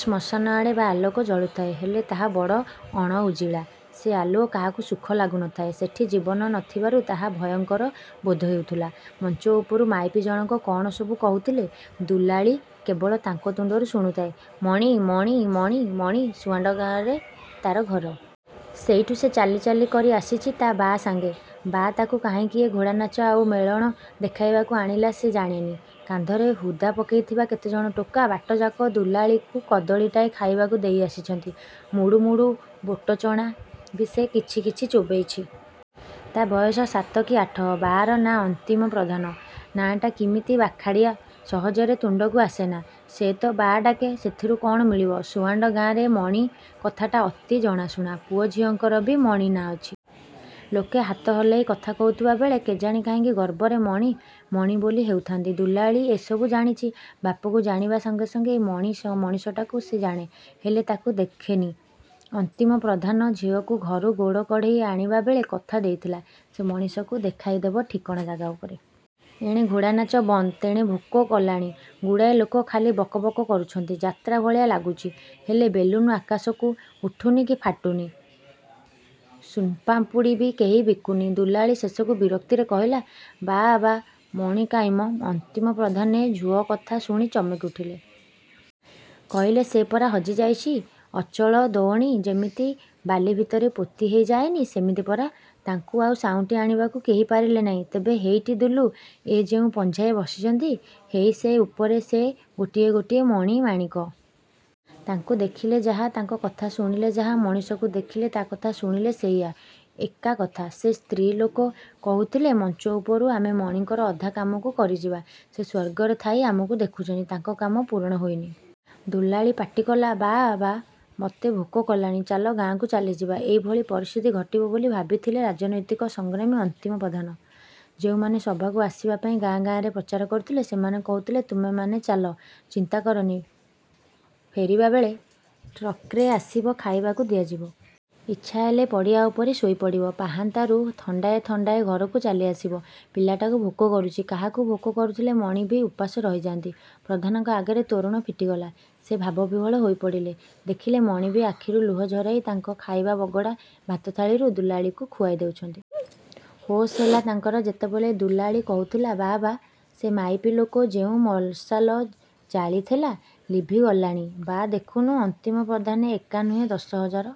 ଶ୍ମଶାନଆଡ଼େ ବା ଆଲୋକ ଜଳୁଥାଏ; ହେଲେ ତାହା ବଡ଼ ଅଣଉଜିଳା। ସେ ଆଲୁଅ କାହାକୁ ସୁଖ ଲାଗୁନଥାଏ। ସେଠି ଜୀବନ ନ ଥିବାରୁ ତାହା ଭୟଙ୍କର ବୋଧହେଉଥିଲା। ମଞ୍ଚ ଉପରୁ ମାଇପି ଜଣକ କଅଣ ସବୁ କହୁଥିଲେ। ଦୁଲାଳୀ କେବଳ ତାଙ୍କ ତୁଣ୍ଡରୁ ଶୁଣୁଥାଏ-ମଣି… ମଣି… ମଣି… ମଣି… ସୁଆଣ୍ଡ ଗାଁରେ ତା'ର ଘର। ସେଇଠୁ ସେ ଚାଲି ଚାଲି କରି ଆସିଛି ତା ବାଆ ସାଙ୍ଗେ। ବାଆ ତାକୁ କାହିଁକି ଏ ଘୋଡ଼ାନାଚ ଆଉ ମେଳଣ ଦେଖାଇବାକୁ ଆଣିଲା ସେ ଜାଣେନି। କାନ୍ଧରେ ହୁଦା ପକେଇଥିବା କେତେଜଣ ଟୋକା ବାଟଯାକ ଦୁଲାଳୀକୁ କଦଳୀଟାଏ ଖାଇବାକୁ ଦେଇ ଆସିଛନ୍ତି। ମୁଡ଼ୁ ମୁଡ଼ୁ ବୋଟ ଚଣା ବି ସେ କିଛି କିଛି ଚୋବେଇଛି। ତା' ବୟସ ସାତ କି ଆଠ। ବାଆର ନାଁ ଅନ୍ତିମ ପ୍ରଧାନ। ନାଁଟା କିମିତି ବାଖାଡ଼ିଆ, ସହଜରେ ତୁଣ୍ଡକୁ ଆସେନି। ସେ ତ ବାଆ ଡାକେ, ସେଥିରୁ କଅଣ ମିଳିବ? ସୁଆଣ୍ଡ ଗାଁରେ 'ମଣି' କଥାଟା ଅତି ଜଣାଶୁଣା। ପୁଅ-ଝିଅଙ୍କର ବି ମଣି ନାଁ ଅଛି। ଲୋକେ ହାତ ହଲେଇ କଥା କହୁଥିବାବେଳେ କେଜାଣି କାହିଁକି ଗର୍ବରେ ମଣି… ମଣି ବୋଲି ହେଉଥାନ୍ତି। ଦୁଲାଳୀ ଏ ସବୁ ଜାଣିଛି। ବାପକୁ ଜାଣିବା ସାଙ୍ଗେ ସାଙ୍ଗେ ଏ ମଣି-ମଣିଷଟାକୁ ସେ ଜାଣେ; ହେଲେ ତାକୁ ଦେଖିନି। ଅନ୍ତିମ ପ୍ରଧାନ ଝୁଅକୁ ଘରୁ ଗୋଡ଼ କଢ଼େଇ ଆଣିବାବେଳେ କଥା ଦେଇଥିଲା, ସେ ମଣିକୁ ଦେଖାଇଦେବ ଠିକଣା ଜାଗା ଉପରେ। ଏଣେ ଘୋଡ଼ାନାଚ ବନ୍ଦ। ତେଣେ ଭୋକ କଲାଣି। ଗୁଡ଼ାଏ ଲୋକ ଖାଲି ବକ୍ ବକ୍ କରୁଛନ୍ତି। ଯାତ୍ରା ଭଳିଆ ଲାଗୁଚି; ହେଲେ ବେଲୁନ୍ ଆକାଶକୁ ଉଠୁନି କି ଫାଟୁନି। ସୁନ୍ପାପୁଡ଼ି ବି କେହି ବିକୁନି। ଦୁଲାଳୀ ଶେଷକୁ ବିରକ୍ତିରେ କହିଲା–ବାଆବା, ମଣି କାଇଁ ମ? ଅନ୍ତିମ ପ୍ରଧାନେ ଝୁଅକଥା ଶୁଣି ଚମକି ଉଠିଲେ। କହିଲେ-ସେ ପରା ହଜିଯାଇଛି। ଅଚଳ ଦୋଅଣି ଯେମିତି ବାଲିଭିତରେ ପୋତିହେଇଯାଏନି, ସେମିତି ପରା! ତାଙ୍କୁ ଆଉ ସାଉଁଟି ଆଣିବାକୁ କେହି ପାରିଲେ ନାଇଁ। ତେବେ ହେଇଟି ଦୁଲୁ ଏ ଯେଉଁ ପଂଝାଏ ବସିଚନ୍ତି ହେଇ ସେ ଉପରେ, ସେ ବି ଗୋଟିଏ ଗୋଟିଏ ମଣି… ମାଣିକ। ତାଙ୍କୁ ଦେଖିଲେ ଯାହା, ତାଙ୍କ କଥା ଶୁଣିଲେ ଯାହା, ମଣିକୁ ଦେଖିଲେ ତା କଥା ଶୁଣିଲେ ସେଇଆ, ଏକାକଥା। ସେ ସ୍ତ୍ରୀଲୋକ କହୁଥିଲେ ମଞ୍ଚ ଉପରୁ… ଆମେ ମଣିଙ୍କର ଅଧା କାମକୁ କରିଯିବା। ସେ ସ୍ଵର୍ଗରେ ଥାଇ ଆମକୁ ଦେଖୁଛନ୍ତି, ତାଙ୍କ କାମ ପୂରଣ ହୋଇନି। ଦୁଲାଳୀ ପାଟିକଲା–ବାଆବା, ମତେ ଭୋକ। କଲାଣି, ଚାଲେ ଗାଁକୁ ଚାଲିଯିବା। ଏଇଭଳି ପରସ୍ଥିତି ଘଟିବ ବୋଲି ଭାବିଥିଲେ ରାଜନୈତିକ ସଂଗ୍ରାମୀ ଅନ୍ତିମ ପ୍ରଧାନ। ଯେଉଁମାନେ ସଭାକୁ ଆସିବା ପାଇଁ ଗାଁ-ଗାଁରେ ପ୍ରଚାର କରୁଥିଲେ, ସେମାନେ କହୁଥିଲେ-ତୁମେମାନେ ଚାଲ, ଚିନ୍ତା କରନି, ଫେରିବାବେଳେ ଟ୍ରକ୍ରେ ଆସିବ, ଖାଇବାକୁ ଦିଆଯିବ। ଇଚ୍ଛାହେଲେ ପଡ଼ିଆଉପରେ ଶୋଇପଡ଼ିବ; ପାହାନ୍ତାରୁ ଥଣ୍ଡାଏ ଥଣ୍ଡାଏ ଘରକୁ ଚାଲିଆସିବ। ପିଲାଟାକୁ ଭୋକ କରୁଛି। କାହାକୁ ଭୋକ କରୁଥିଲେ ମଣି ବି ଉପାସ ରହିଯାଆନ୍ତି। ପ୍ରଧାନଙ୍କ ଆଗରେ ତୋରଣ ଫିଟିଗଲା। ସେ ଭାବବିହ୍ଵଳ ହୋଇପଡ଼ିଲେ… ଦେଖିଲେ ମଣି ବି ଆଖିରୁ ଲୁହ ଝରାଇ ତାଙ୍କ ଖାଇବା ବଗଡ଼ା ଭାତଥାଳିରୁ ଦୁଲାଳୀକୁ ଖୁଆଇ ଦେଉଛନ୍ତି। ହୋସ୍ ହେଲା ତାଙ୍କର ଯେତେବେଳେ ଦୁଲାଳୀ କହୁଥିଲା-ବାଆବା, ସେ ମାଇପି ଲୋକ ଯେଉଁ ମସାଲ ଜାଳିଥେଲା, ଲିଭିଗଲାଣି ବାଆ ଦେଖୁନୁ– ଅନ୍ତିମ ପ୍ରଧାନେ ଏକା ନୁହେଁ, ଦଶହଜାର